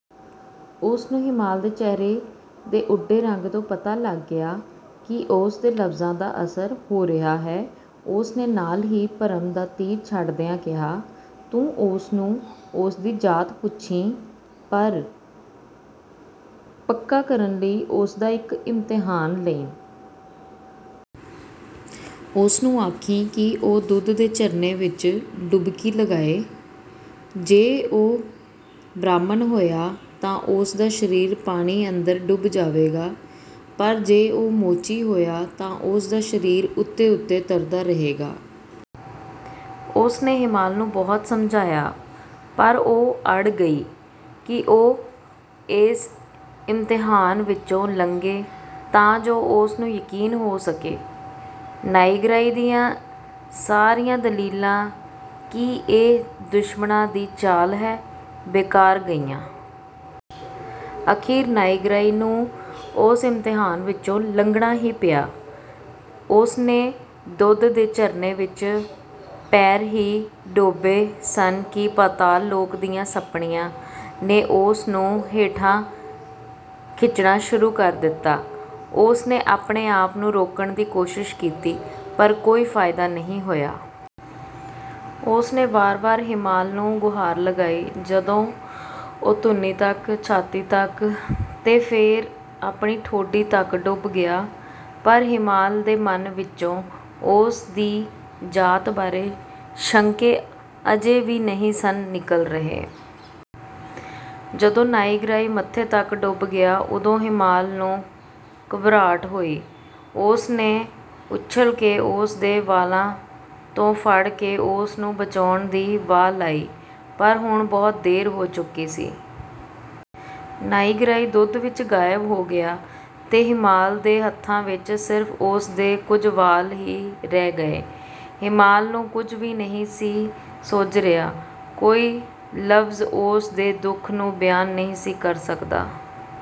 ਉਸ ਨੂੰ ਹੀਮਾਲ ਦੇ ਚਿਹਰੇ ਦੇ ਉੱਡੇ ਰੰਗ ਤੋਂ ਪਤਾ ਲੱਗ ਗਿਆ ਕਿ ਉਸ ਦੇ ਲਫ਼ਜ਼ਾਂ ਦਾ ਅਸਰ ਹੋ ਰਿਹਾ ਹੈ। ਉਸ ਨੇ ਨਾਲ ਹੀ ਭਰਮ ਦਾ ਤੀਰ ਛੱਡਦਿਆਂ ਕਿਹਾ, "ਤੂੰ ਉਸ ਨੂੰ ਉਸ ਦੀ ਜਾਤ ਪੁੱਛੀਂ, ਪਰ ਪੱਕਾ ਕਰਨ ਲਈ ਉਸ ਦਾ ਇੱਕ ਇਮਤਿਹਾਨ ਲਈਂ। ਉਸ ਨੂੰ ਆਖੀਂ ਕਿ ਉਹ ਦੁੱਧ ਦੇ ਝਰਨੇ ਵਿੱਚ ਡੁਬਕੀ ਲਗਾਏ। ਜੇ ਉਹ ਬ੍ਰਾਹਮਣ ਹੋਇਆ ਤਾਂ ਉਸ ਦਾ ਸਰੀਰ ਪਾਣੀ ਅੰਦਰ ਡੁੱਬ ਜਾਵੇਗਾ, ਪਰ ਜੇ ਉਹ ਮੋਚੀ ਹੋਇਆ ਤਾਂ ਉਸ ਦਾ ਸਰੀਰ ਉੱਤੇ-ਉੱਤੇ ਤਰਦਾ ਰਹੇਗਾ।" ਉਸ ਨੇ ਹੀਮਾਲ ਨੂੰ ਬਹੁਤ ਸਮਝਾਇਆ, ਪਰ ਉਹ ਅੜ ਗਈ ਕਿ ਉਹ ਇਸ ਇਮਤਿਹਾਨ ਵਿੱਚੋਂ ਲੰਘੇ ਤਾਂ ਜੋ ਉਸ ਨੂੰ ਯਕੀਨ ਹੋ ਸਕੇ। ਨਾਇਗ੍ਰਾਈ ਦੀਆਂ ਸਾਰੀਆਂ ਦਲੀਲਾਂ ਕਿ ਇਹ ਦੁਸ਼ਮਣਾਂ ਦੀ ਚਾਲ ਹੈ, ਬੇਕਾਰ ਗਈਆਂ। ਅਖ਼ੀਰ ਨਾਇਗ੍ਰਾਈ ਨੂੰ ਉਸ ਇਮਤਿਹਾਨ ਵਿੱਚੋਂ ਲੰਘਣਾ ਹੀ ਪਿਆ। ਉਸ ਨੇ ਦੁੱਧ ਦੇ ਝਰਨੇ ਵਿੱਚ ਪੈਰ ਹੀ ਡੋਬੇ ਸਨ ਕਿ ਪਤਾਲ-ਲੋਕ ਦੀਆਂ ਸੱਪਣੀਆਂ ਨੇ ਉਸ ਨੂੰ ਹੇਠਾਂ ਖਿੱਚਣਾ ਸ਼ੁਰੂ ਕਰ ਦਿੱਤਾ। ਉਸ ਨੇ ਆਪਣੇ-ਆਪ ਨੂੰ ਰੋਕਣ ਦੀ ਕੋਸ਼ਿਸ਼ ਕੀਤੀ, ਪਰ ਕੋਈ ਫ਼ਾਇਦਾ ਨਾ ਹੋਇਆ। ਉਸ ਨੇ ਵਾਰ-ਵਾਰ ਹੀਮਾਲ ਨੂੰ ਗੁਹਾਰ ਲਗਾਈ ਜਦੋਂ ਉਹ ਧੁੰਨੀ ਤੱਕ, ਛਾਤੀ ਤੱਕ, ਤੇ ਫਿਰ ਆਪਣੀ ਠੋਡੀ ਤੱਕ ਡੁੱਬ ਗਿਆ। ਪਰ ਹੀਮਾਲ ਦੇ ਮਨ ਵਿੱਚੋਂ ਉਸ ਦੀ ਜਾਤ ਬਾਰੇ ਸ਼ੰਕੇ ਅਜੇ ਵੀ ਨਹੀਂ ਸਨ ਨਿਕਲ ਰਹੇ। ਜਦੋਂ ਨਾਇਗ੍ਰਾਈ ਮੱਥੇ ਤੱਕ ਡੁੱਬ ਗਿਆ, ਉਦੋਂ ਹੀਮਾਲ ਨੂੰ ਘਬਰਾਹਟ ਹੋਈ। ਉਸ ਨੇ ਉੱਛਲ ਕੇ ਉਸ ਦੇ ਵਾਲਾਂ ਤੋਂ ਫੜ ਕੇ ਉਸ ਨੂੰ ਬਚਾਉਣ ਦੀ ਵਾਹ ਲਾਈ, ਪਰ ਹੁਣ ਬਹੁਤ ਦੇਰ ਹੋ ਚੁੱਕੀ ਸੀ! ਨਾਇਗ੍ਰਾਈ ਦੁੱਧ ਵਿੱਚ ਗਾਇਬ ਹੋ ਗਿਆ ਤੇ ਹੀਮਾਲ ਦੇ ਹੱਥਾਂ ਵਿੱਚ ਸਿਰਫ਼ ਉਸ ਦੇ ਕੁਝ ਵਾਲ ਹੀ ਰਹਿ ਗਏ। ਹੀਮਾਲ ਨੂੰ ਕੁਝ ਨਹੀਂ ਸੀ ਸੁੱਝ ਰਿਹਾ। ਕੋਈ ਲਫ਼ਜ਼ ਉਸ ਦੇ ਦੁੱਖ ਨੂੰ ਬਿਆਨ ਨਹੀਂ ਸੀ ਕਰ ਸਕਦਾ।